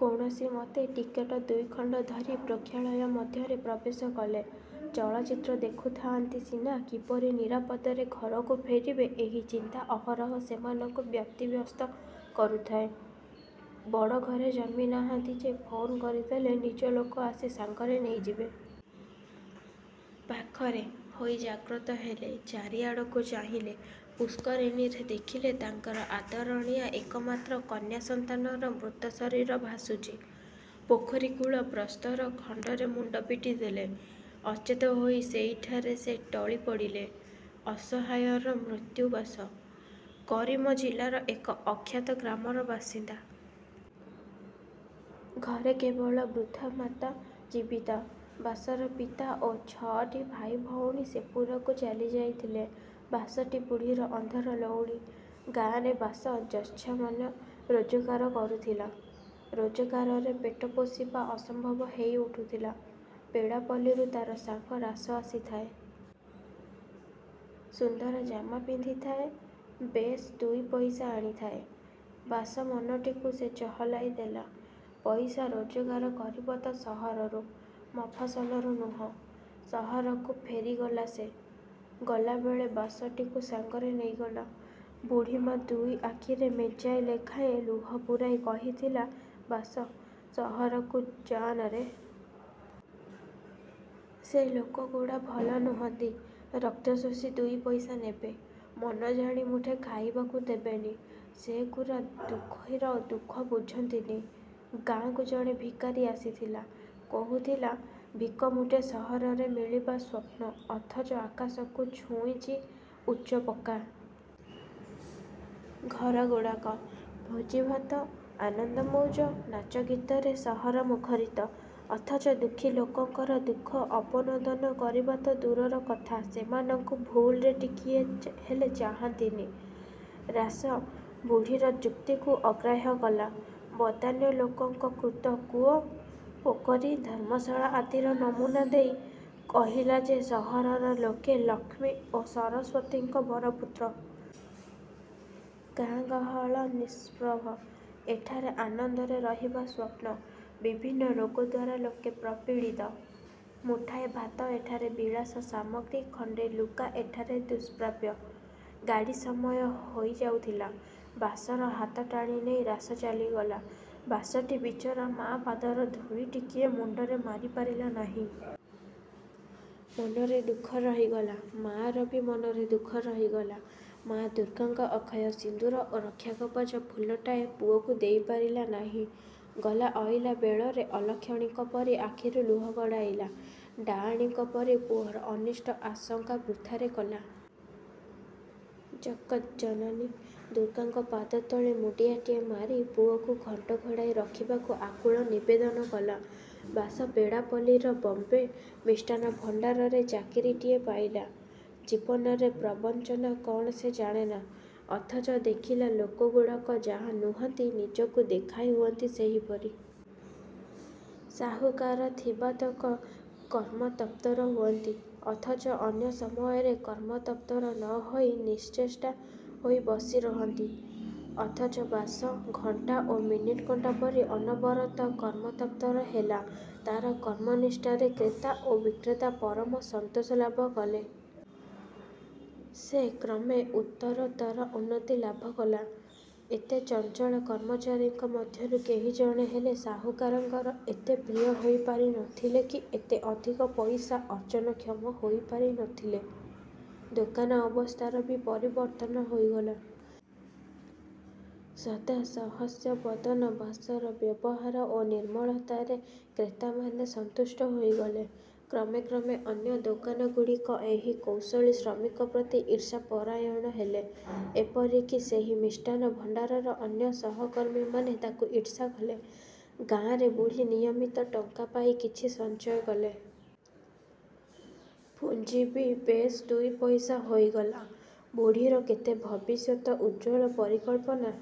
କୌଣସି ମତେ ଟିକେଟ ଦୁଇଖଣ୍ଡ ଧରି ପ୍ରୋକ୍ଷାଳୟ ମଧ୍ୟରେ ପ୍ରବେଶ କଲେ। ଚଳଚ୍ଚିତ୍ର ଦେଖୁଥାଆନ୍ତି ସିନା, କିପରି ନିରାପଦରେ ଘରକୁ ଫେରିବେ ଏହି ଚିନ୍ତା ଅହରହ ସେମାନଙ୍କୁ ବ୍ୟତିବ୍ୟସ୍ତ କରୁଥାଏ-। ବଡ଼ ଘରେ ଜନ୍ମି ନାହାନ୍ତି ଯେ, ଫୋନ୍ କରିଦେଲେ ନିଜ ଲୋକ ଆସି ସାଙ୍ଗରେ ନେଇଯିବେ-। ପାଖରେ। ହୋଇ ଜାଗ୍ରତ ହେଲେ-। ଚାରିଆଡ଼କୁ ଚାହିଁଲେ। ପୁଷ୍କରିଣୀରେ ଦେଖିଲେ ତାଙ୍କର ଆଦରଣୀୟା ଏକମାତ୍ର କନ୍ୟା ସନ୍ତାନର ମୃତ ଶରୀର ଭାସୁଚି। ପୋଖରୀ କୁଳ ପ୍ରସ୍ତର ଖଣ୍ଡରେ ମୁଣ୍ଡ ପିଟିଦେଲେ। ଅଚେତ ହୋଇ ସେଇଠାରେ ସେ ଟଳିପଡ଼ିଲେ। ଅସହାୟର ମୃତ୍ୟୁ ବାସ। କରିମ ଜିଲାର ଏକ ଅଖ୍ୟାତ ଗ୍ରାମର ବାସିନ୍ଦା। ଘରେ କେବଳ ବୃଦ୍ଧା ମାତା ଜୀବିତା। ବାସର ପିତା ଓ ଛଅଟି ଭାଇ ଭଉଣୀ ସେପୁରକୁ ଚାଲି ଯାଇଥିଲେ। ବାସଟି ବୁଢ଼ୀର ଅନ୍ଧର ଲଉଡ଼ି। ଗାଁରେ ବାସ ଯତ୍ସାମାନ୍ୟ ରୋଜଗାର କରୁଥିଲା। ରୋଜଗାରରେ ପେଟ ପୋଷିବା ଅସମ୍ଭବ ହେଇ ଉଠୁଥିଲା। ପେଡ଼ାପଲ୍ଲୀରୁ ତାର ସାଙ୍ଗ ରାସ ଆସିଥାଏ। ସୁନ୍ଦର ଜାମା ପିନ୍ଧିଥାଏ। ବେଶ୍ ଦୁଇ ପଇସା ଆଣିଥାଏ। ବାସ ମନଟିକୁ ସେ ଚହଲାଇ ଦେଲା। ପଇସା ରୋଜଗାର କରିବ ତ ସହରରୁ, ମଫସଲରୁ ନୁହ। ସହରକୁ ଫେରିଗଲା ସେ। ଗଲାବେଳେ ବାସଟିକୁ ସାଙ୍ଗରେ ନେଇଗଲା। ବୁଢ଼ୀମା ଦୁଇ ଆଖିରେ ମେଞ୍ଚାଏ ଲେଖାଏଁ ଲୁହ ପୂରାଇ କହିଥିଲା—ବାସ, ସହରକୁ ଯା ନାରେ। ସେ ଲୋକ ଗୁଡ଼ା ଭଲ ନୁହନ୍ତି। ରକ୍ତଶୋଷି ଦୁଇ ପଇସା ନେବେ। ମନ ଜାଣି ମୁଠେ ଖାଇବାକୁ ଦେବେନି। ସେ ଗୁରା ଦୁଃଖିର ଦୁଃଖ ବୁଝନ୍ତି ନି! ଗାଁକୁ ଜଣେ ଭିକାରୀ ଆସିଥିଲା। କହୁଥିଲା, ଭିକ ମୁଠେ ସହରରେ ମିଳିବା ସ୍ୱପ୍ନ, ଅଥଚ ଆକାଶକୁ ଛୁଉଁଚି ଉଚ୍ଚ ପକ୍କା। ଘରଗୁଡ଼ାକ। ଭୋଜି ଭାତ, ଆନନ୍ଦ ମଉଜ, ନାଚ ଗୀତରେ ସହର ମୁଖରିତ; ଅଥଚ ଦୁଃଖୀ ଲୋକଙ୍କର ଦୁଃଖ ଅପନୋଦନ କରିବା ତ ଦୂରର କଥା, ସେମାନଙ୍କୁ ଭୁଲରେ ଟିକିଏ ହେଲେ ଚାହାନ୍ତିନି। ରାସ, ବୁଢ଼ୀର ଯୁକ୍ତିକୁ ଅଗ୍ରାହ୍ୟ କଲା। ବଦାନ୍ୟ ଲୋକଙ୍କ କୃତ କୂଅ, ପୋଖରୀ, ଧର୍ମଶାଳା ଆଦିର ନମୁନା ଦେଇ, କହିଲା ଯେ ସହରର ଲୋକେ ଲକ୍ଷ୍ମୀ ଓ ସରସ୍ୱତୀଙ୍କ ବରପୁତ୍ର। ଗାଁ ଗହଳ ନିଷ୍ପ୍ରଭ, ଏଠାରେ ଆନନ୍ଦରେ ରହିବା ସ୍ୱପ୍ନ। ବିଭିନ୍ନ ରୋଗ ଦ୍ୱାରା ଲୋକେ ପ୍ରପୀଡ଼ିତ। ମୁଠାଏ ଭାତ ଏଠାରେ ବିଳାସ ସାମଗ୍ରୀ, ଖଣ୍ତେ ଲୁଗା ଏଠାରେ ଦୁଷ୍ପ୍ରାପ୍ୟ। ଗାଡ଼ି ସମୟ ହୋଇ ଯାଉଥିଲା। ବାସର ହାତ ଟାଣିନେଇ ରାସ ଚାଲିଗଲା। ବାସଟି ବିଚରା ମା ପାଦର ଧୂଳି ଟିକିଏ ମୁଣ୍ତରେ ମାରି ପାରିଲା ନାହିଁ। ମନରେ ଦୁଃଖ ରହିଗଲା। ମା'ର ବି ମନରେ ଦୁଃଖ ରହିଗଲା। ମା ଦୁର୍ଗାଙ୍କ ଅକ୍ଷୟ ସିନ୍ଦୂର ଓ ରକ୍ଷା କବଚ ଫୁଲଟାଏ ପୁଅକୁ ଦେଇ ପାରିଲା ନାହିଁ। ଗଲା ଅଇଲା ବେଳରେ ଅଲକ୍ଷଣୀଙ୍କ ପରି ଆଖିରୁ ଲୁହ ଗଡ଼ାଇଲା। ଡାଆଣୀଙ୍କ ପରି ପୁଅର ଅନିଷ୍ଟ ଆଶଙ୍କା ବୃଥାରେ କଲା। ଜଗତ୍ଜନନୀ ଦୁର୍ଗାଙ୍କ ପାଦତଳେ ମୁଣ୍ତିଆଟିଏ ମାରି ପୁଅକୁ ଘଣ୍ଟ ଘୋଡ଼ାଇ ରଖିବାକୁ ଆକୁଳ ନିବେଦନ କଲା। ବାସ ପେଡ଼ାପଲ୍ଲୀର 'ବମ୍ବେ ମିଷ୍ଟାନ ଭଣ୍ତାର'ରେ ଚାକିରୀଟିଏ ପାଇଲା। ଜୀବନରେ ପ୍ରବଞ୍ଚନା କ'ଣ ସେ ଜାଣେନା। ଅଥଚ ଦେଖିଲା ଲୋକଗୁଡ଼ାକ ଯାହା ନୁହନ୍ତି, ନିଜକୁ ଦେଖାଇ ହୁଅନ୍ତି ସେହିପରି। ସାହୁକାର ଥିବାତକ କର୍ମତତ୍ପର ହୁଅନ୍ତି; ଅଥଚ ଅନ୍ୟ ସମୟରେ କର୍ମତତ୍ପର ନ ହୋଇ ନିଶ୍ଚେଷ୍ଟା ହୋଇ ବସି ରହନ୍ତି। ଅଥଚ ବାସ, ଘଣ୍ଟା ଓ ମିନିଟ୍ କଣ୍ଟା ପରି ଅନବରତ କର୍ମତତ୍ପର ହେଲା। ତାର କର୍ମନିଷ୍ଠାରେ କ୍ରେତା ଓ ବିକ୍ରେତା ପରମ ସନ୍ତୋଷ ଲାଭ କଲେ। ସେ କ୍ରମେ ଉତ୍ତରୋତ୍ତର ଉନ୍ନତି ଲାଭ କଲା। ଏତେ ଚଞ୍ଚଳ କର୍ମଚାରୀଙ୍କ ମଧ୍ୟରୁ କେହି ଜଣେ ହେଲେ ସାହୁକାରଙ୍କର ଏତେ ପ୍ରିୟ ହୋଇ ପାରି ନ ଥିଲେ କି ଏତେ ଅଧିକ ପଇସା ଅର୍ଜନକ୍ଷମ ହୋଇ ପାରି ନ ଥିଲେ। ଦୋକାନ ଅବସ୍ଥାର ବି ପରିବର୍ତ୍ତନ ହୋଇଗଲା। ସଦା ସହାସ୍ୟବଦନ ବାସର ବ୍ୟବହାର ଓ ନିର୍ମଳତାରେ କ୍ରେତାମାନେ ସନ୍ତୁଷ୍ଟ ହୋଇଗଲେ। କ୍ରମେ କ୍ରମେ ଅନ୍ୟ ଦୋକାନଗୁଡ଼ିକ ଏହି କୌଶଳୀ ଶ୍ରମିକ ପ୍ରତି ଈର୍ଷାପରାୟଣ ହେଲେ। ଏପରି କି ସେହି ମିଷ୍ଟାନ ଭଣ୍ତାରର ଅନ୍ୟ ସହକର୍ମୀମାନେ ତାକୁ ଈର୍ଷା କଲେ। ଗାଁରେ ବୁଢ଼ୀ ନିୟମିତ ଟଙ୍କା ପାଇ କିଛି ସଞ୍ଚୟ କଲେ। ପୁଞ୍ଜି ବି ବେଶ୍ ଦୁଇ ପଇସା ହୋଇଗଲା। ବୁଢ଼ୀର କେତେ ଭବିଷ୍ୟତ ଉଜ୍ଜ୍ୱଳ ପରିକଳ୍ପନା।